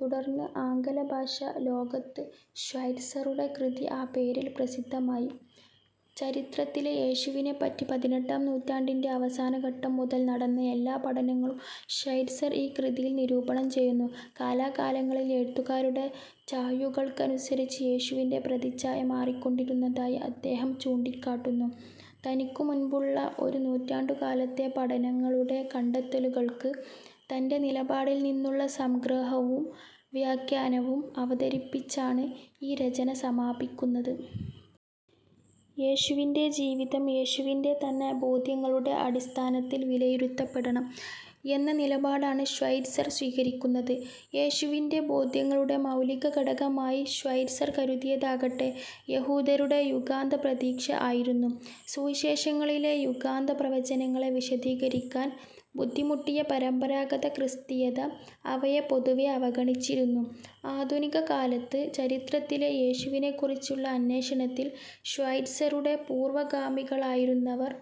തുടർന്ന്, ആംഗലഭാഷ ലോകത്ത് ഷ്വൈറ്റ്സറുടെ കൃതി ആ പേരിൽ പ്രസിദ്ധമായി. ചരിത്രത്തിലെ യേശുവിനെപ്പറ്റി പതിനെട്ടാം നൂറ്റാണ്ടിന്റെ അവസാനഘട്ടം മുതൽ നടന്ന എല്ലാ പഠനങ്ങളും ഷ്വൈറ്റ്സർ ഈ കൃതിയിൽ നിരൂപണം ചെയ്യുന്നു. കാലാകാലങ്ങളിൽ എഴുത്തുകാരുടെ ചായ്വുകൾക്കനുസരിച്ച് യേശുവിന്റെ പ്രതിച്ഛായ മാറിക്കൊണ്ടിരുന്നതായി അദ്ദേഹം ചൂണ്ടിക്കാട്ടുന്നു. തനിക്കു മുൻപുള്ള ഒരു നൂറ്റാണ്ടുകാലത്തെ പഠനങ്ങളുടെ കണ്ടെത്തലുകൾക്ക് തന്റെ നിലപാടിൽ നിന്നുള്ള സംഗ്രഹവും വ്യാഖ്യാനവും അവതരിപ്പിച്ചാണ് ഈ രചന സമാപിക്കുന്നത്. യേശുവിന്റെ ജീവിതം യേശുവിന്റെ തന്നെ ബോദ്ധ്യങ്ങളുടെ അടിസ്ഥാനത്തിൽ വിലയിരുത്തപ്പെടണം എന്ന നിലപാടാണ് ഷ്വൈറ്റ്സർ സ്വീകരിക്കുന്നത്. യേശുവിന്റെ ബോദ്ധ്യങ്ങളുടെ മൗലികഘടകമായി ഷ്വൈറ്റ്സർ കരുതിയതാകട്ടെ, യഹൂദരുടെ യുഗാന്തപ്രതീക്ഷ ആയിരുന്നു. സുവിശേഷങ്ങളിലെ യുഗാന്തപ്രവചനങ്ങളെ വിശദീകരിക്കാൻ ബുദ്ധിമുട്ടിയ പരമ്പരാഗതക്രിസ്തീയത, അവയെ പൊതുവേ അവഗണിച്ചിരുന്നു. ആധുനികകാലത്ത് ചരിത്രത്തിലെ യേശുവിനെക്കുറിച്ചുള്ള അന്വേഷണത്തിൽ ഷ്വൈറ്റ്സറുടെ പൂർവഗാമികളായിരുന്നവർ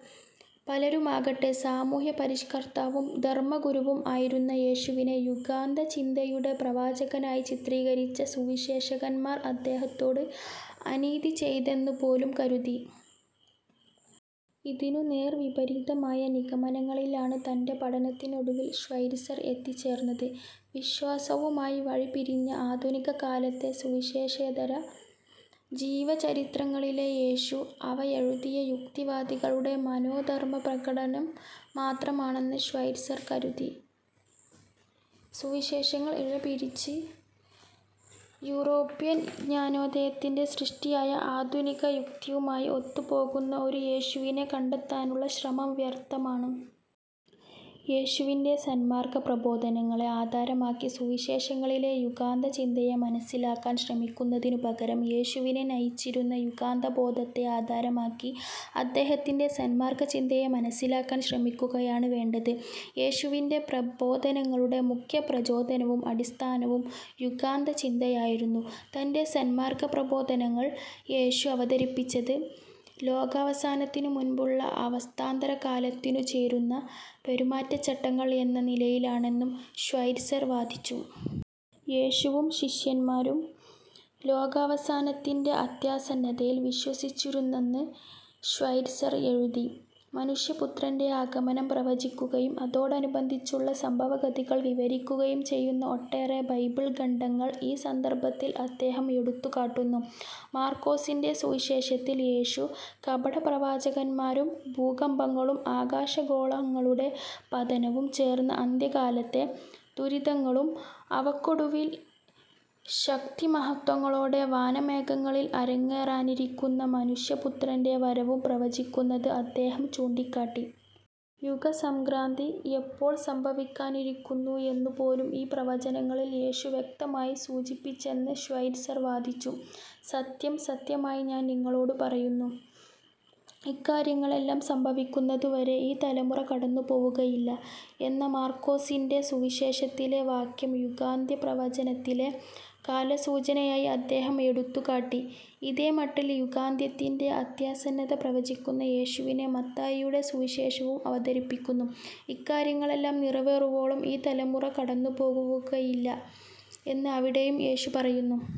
പലരുമാകട്ടെ, സാമൂഹ്യപരിഷ്കർത്താവും ധർമ്മഗുരുവും ആയിരുന്ന യേശുവിനെ യുഗാന്തചിന്തയുടെ പ്രവാചകനായി ചിത്രീകരിച്ച സുവിശേഷകന്മാർ അദ്ദേഹത്തോട് അനീതിചെയ്തെന്നു പോലും കരുതി. ഇതിനു നേർവിപരീതമായ നിഗമനങ്ങളിലാണ് തന്റെ പഠനത്തിനൊടുവിൽ ഷ്വൈറ്റ്സർ എത്തിച്ചേർന്നത്. വിശ്വാസവുമായി വഴിപിരിഞ്ഞ ആധുനിക കാലത്തെ സുവിശേഷേതര ജീവചരിത്രങ്ങളിലെ യേശു, അവ എഴുതിയ യുക്തിവാദികളുടെ മനോധർമ്മപ്രകടനം മാത്രമാണെന്ന് ഷ്വൈറ്റ്സർ കരുതി. സുവിശേഷങ്ങൾ ഇഴ പിരിച്ച്, യൂറോപ്യൻ ജ്ഞാനോദയത്തിന്റെ സൃഷ്ടിയായ ആധുനികയുക്തിയുമായി ഒത്തുപോകുന്ന ഒരു യേശുവിനെ കണ്ടെത്താനുള്ള ശ്രമം വ്യർഥമാണ്. യേശുവിന്റെ സന്മാർഗ്ഗപ്രബോധനങ്ങളെ ആധാരമാക്കി സുവിശേഷങ്ങളിലെ യുഗാന്തചിന്തയെ മനസ്സിലാക്കാൻ ശ്രമിക്കുന്നതിനു പകരം യേശുവിനെ നയിച്ചിരുന്ന യുഗാന്തബോധത്തെ ആധാരമാക്കി അദ്ദേഹത്തിന്റെ സന്മാർഗ്ഗചിന്തയെ മനസ്സിലാക്കാൻ ശ്രമിക്കുകയാണ് വേണ്ടത്. യേശുവിന്റെ പ്രബോധനങ്ങളുടെ മുഖ്യ പ്രചോദനവും അടിസ്ഥാനവും യുഗാന്തചിന്തയായിരുന്നു. തന്റെ സന്മാർഗ്ഗപ്രബോധനങ്ങൾ യേശു അവതരിപ്പിച്ചത് ലോകാവസാനത്തിനു മുൻപുള്ള അവസ്ഥാന്തരകാലത്തിനു ചേരുന്ന പെരുമാറ്റചട്ടങ്ങൾ എന്ന നിലയിലാണെന്നും ഷ്വൈറ്റ്സർ വാദിച്ചു. യേശുവും ശിഷ്യന്മാരും ലോകാവസാനത്തിന്റെ അത്യാസന്നതയിൽ വിശ്വസിച്ചിരുന്നെന്ന് ഷ്വൈറ്റ്സർ എഴുതി. 'മനുഷ്യപുത്രന്റെ' ആഗമനം പ്രവചിക്കുകയും അതോടനുബന്ധിച്ചുള്ള സംഭവഗതികൾ വിവരിക്കുകയും ചെയ്യുന്ന ഒട്ടേറെ ബൈബിൾ ഖണ്ഡങ്ങൾ ഈ സന്ദർഭത്തിൽ അദ്ദേഹം എടുത്തുകാട്ടുന്നു. മർക്കോസിന്റെ സുവിശേഷത്തിൽ യേശു, കപടപ്രവാചകന്മാരും, ഭൂകമ്പങ്ങളും, ആകാശഗോളങ്ങളുടെ പതനവും, ചേർന്ന അന്ത്യകാലത്തെ "ദുരിതങ്ങളും" അവക്കൊടുവിൽ "ശക്തിമഹത്ത്വങ്ങളോടെ വാനമേഘങ്ങളിൽ" അരങ്ങേറാനിരിക്കുന്ന മനുഷ്യപുത്രന്റെ വരവും പ്രവചിക്കുന്നത് അദ്ദേഹം ചൂണ്ടിക്കാട്ടി. യുഗസംക്രാന്തി എപ്പോൾ സംഭവിക്കാനിരിക്കുന്നു എന്നു പോലും ഈ പ്രവചനങ്ങളിൽ യേശു വ്യക്തമായി സൂചിപ്പിച്ചെന്ന് ഷ്വൈറ്റ്സർ വാദിച്ചു: "സത്യം സത്യമായി ഞാൻ നിങ്ങളോടു പറയുന്നു, ഇക്കാര്യങ്ങളെല്ലാം സംഭവിക്കുന്നതു വരെ ഈ തലമുറ കടന്നു പോവുകയില്ല" എന്ന മർക്കോസിന്റെ സുവിശേഷത്തിലെ വാക്യം യുഗാന്ത്യപ്രവചനത്തിലെ കാലസൂചനയായി അദ്ദേഹം എടുത്തുകാട്ടി. ഇതേമട്ടിൽ യുഗാന്ത്യത്തിന്റെ അത്യാസന്നത പ്രവചിക്കുന്ന യേശുവിനെ മത്തായിയുടെ സുവിശേഷവും അവതരിപ്പിക്കുന്നു: "ഇക്കാര്യങ്ങളെല്ലാം നിറവേറുവോളം ഈ തലമുറ കടന്നുപോവുകയില്ല" എന്ന് അവിടെയും യേശു പറയുന്നു.